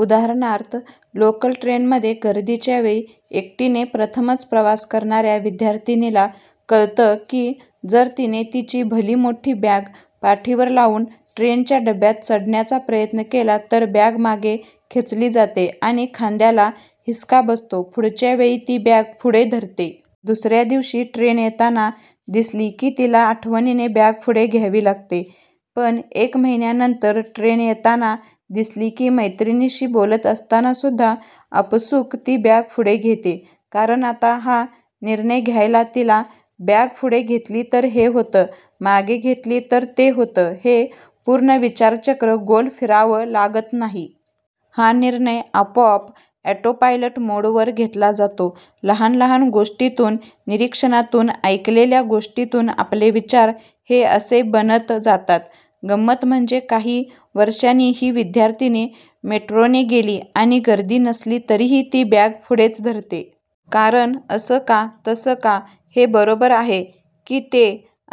उदाहरणार्थ लोकल ट्रेनमध्ये गर्दीच्या वेळी एकटीने प्रथमच प्रवास करणाऱ्या विद्यार्थिनीला कळतं की जर तिने तिची भली मोठी बॅग पाठीवर लावून ट्रेनच्या डब्यात चढण्याचा प्रयत्न केला तर बॅग मागे खेचली जाते आणि खांद्याला हिसका बसतो, पुढच्या वेळी ती बॅग पुढे धरते. दुसऱ्या दिवशी ट्रेन येताना दिसली की तिला आठवणीने बॅग पुढे घ्यावी लागते. पण एक महिन्यानंतर ट्रेन येताना दिसली की मैत्रिणीशी बोलत असतानासुद्धा आपसूक ती बॅग पुढे घेते. कारण आता हा निर्णय घ्यायला तिला, बॅग पुढे घेतली तर हे होतं, मागे घेतली तर ते होतं, हे पूर्ण विचारचक्र गोल फिरावं लागत नाही. हा निर्णय आपोआप ऑटोपायलट मोडवर घेतला जातो. लहान लहान गोष्टींतून, निरीक्षणांतून, ऐकलेल्या गोष्टींतून आपले विचार हे असे बनत जातात. गंमत म्हणजे काही वर्षांनी ही विद्यार्थिनी मेट्रोने गेली आणि गर्दी नसली तरीही ती बॅग पुढेच धरते. कारण, असं का, तसं का, हे बरोबर आहे की ते,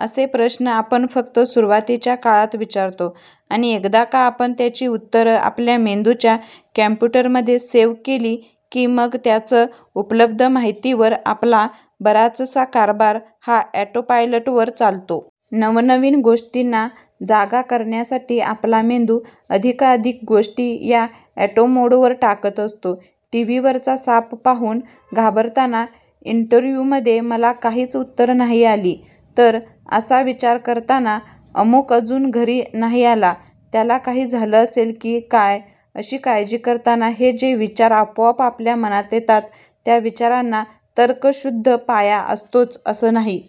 असे प्रश्न आपण फक्त सुरुवातीच्या काळात विचारतो आणि एकदा का आपण त्यांची उत्तरं आपल्या मेंदूच्या कॉम्प्युटरमध्ये सेव्ह केली की मग त्याच उपलब्ध माहितिवर आपला बराचसा कारभार हा ऑटोपायलटवर चालतो. नवनवीन गोष्टींना जागा करण्यासाठी आपला मेंदू अधिकाधिक गोष्टी या ऑटो मोडवर टाकत असतो. टीव्हीवरचा साप पाहून घाबरताना, इंटरव्ह्यूमध्ये मला काहीच उत्तरं नाही आली तर, असा विचार करताना, अमूक अजून घरी नाही आला, त्याला काही झालं असेल की काय, अशी काळजी करताना हे जे विचार आपोआप आपल्या मनात येतात त्या विचारांना तर्कशुद्ध पाया असतोच असं नाही.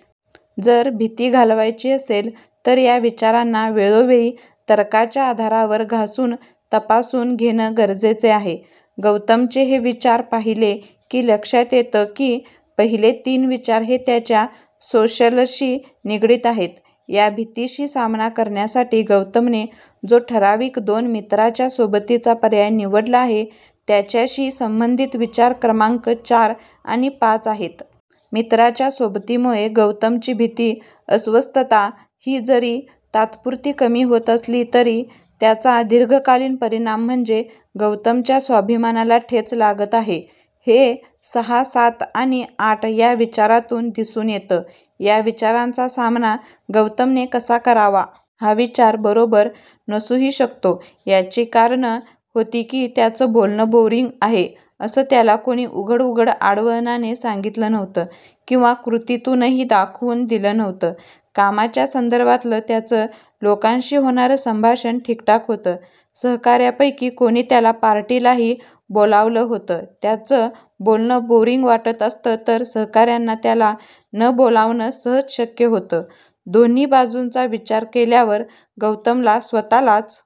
जर भीती घालवायची असेल तर या विचारांना वेळोवेळी तर्काच्या आधारावर घासून, तपासून घेणं गरजेचं आहे. गौतमचे हे विचार पाहिले की लक्षात येतं की पहिले तीन विचार हे त्याच्या सोशलशी निगडीत आहेत. या भीतीशी सामना करण्यासाठी गौतमने जो ठराविक दोन मित्रांच्या सोबतीचा पर्याय निवडला आहे, त्याच्याशी संबंधित विचार क्रमांक चार आणि पाच आहेत. मित्रांच्या सोबतीमुळे गौतमची भीती, अस्वस्थता ही जरी तात्पुरती कमी होत असली तरी त्याचा दीर्घकालीन परिणाम म्हणजे गौतमच्या स्वाभिमानाला ठेच लागत आहे, हे सहा, सात आणि आठ या विचारांतून दिसून येतं. या विचारांचा सामना गौतमने कसा करावा? हा विचार बरोबर नसूही शकतो, याची कारणं होती की त्याचं बोलणं बोअरिंग आहे असं त्याला कोणी उघड उघड, आड वळणाने सांगितलं नव्हतं किंवा कृतीतूनही दाखवून दिलं नव्हतं. कामाच्या संदर्भातलं त्याचं लोकांशी होणारं संभाषण ठीकठाक होतं, सहकाऱ्यांपैकी कोणी त्याला पार्टीलाही बोलावलं होतं, त्याचं बोलणं बोअरिंग वाटत असतं तर सहकाऱ्यांना त्याला न बोलावणं सहज शक्य होतं. दोन्ही बाजूंचा विचार केल्यावर गौतमला स्वतःलाच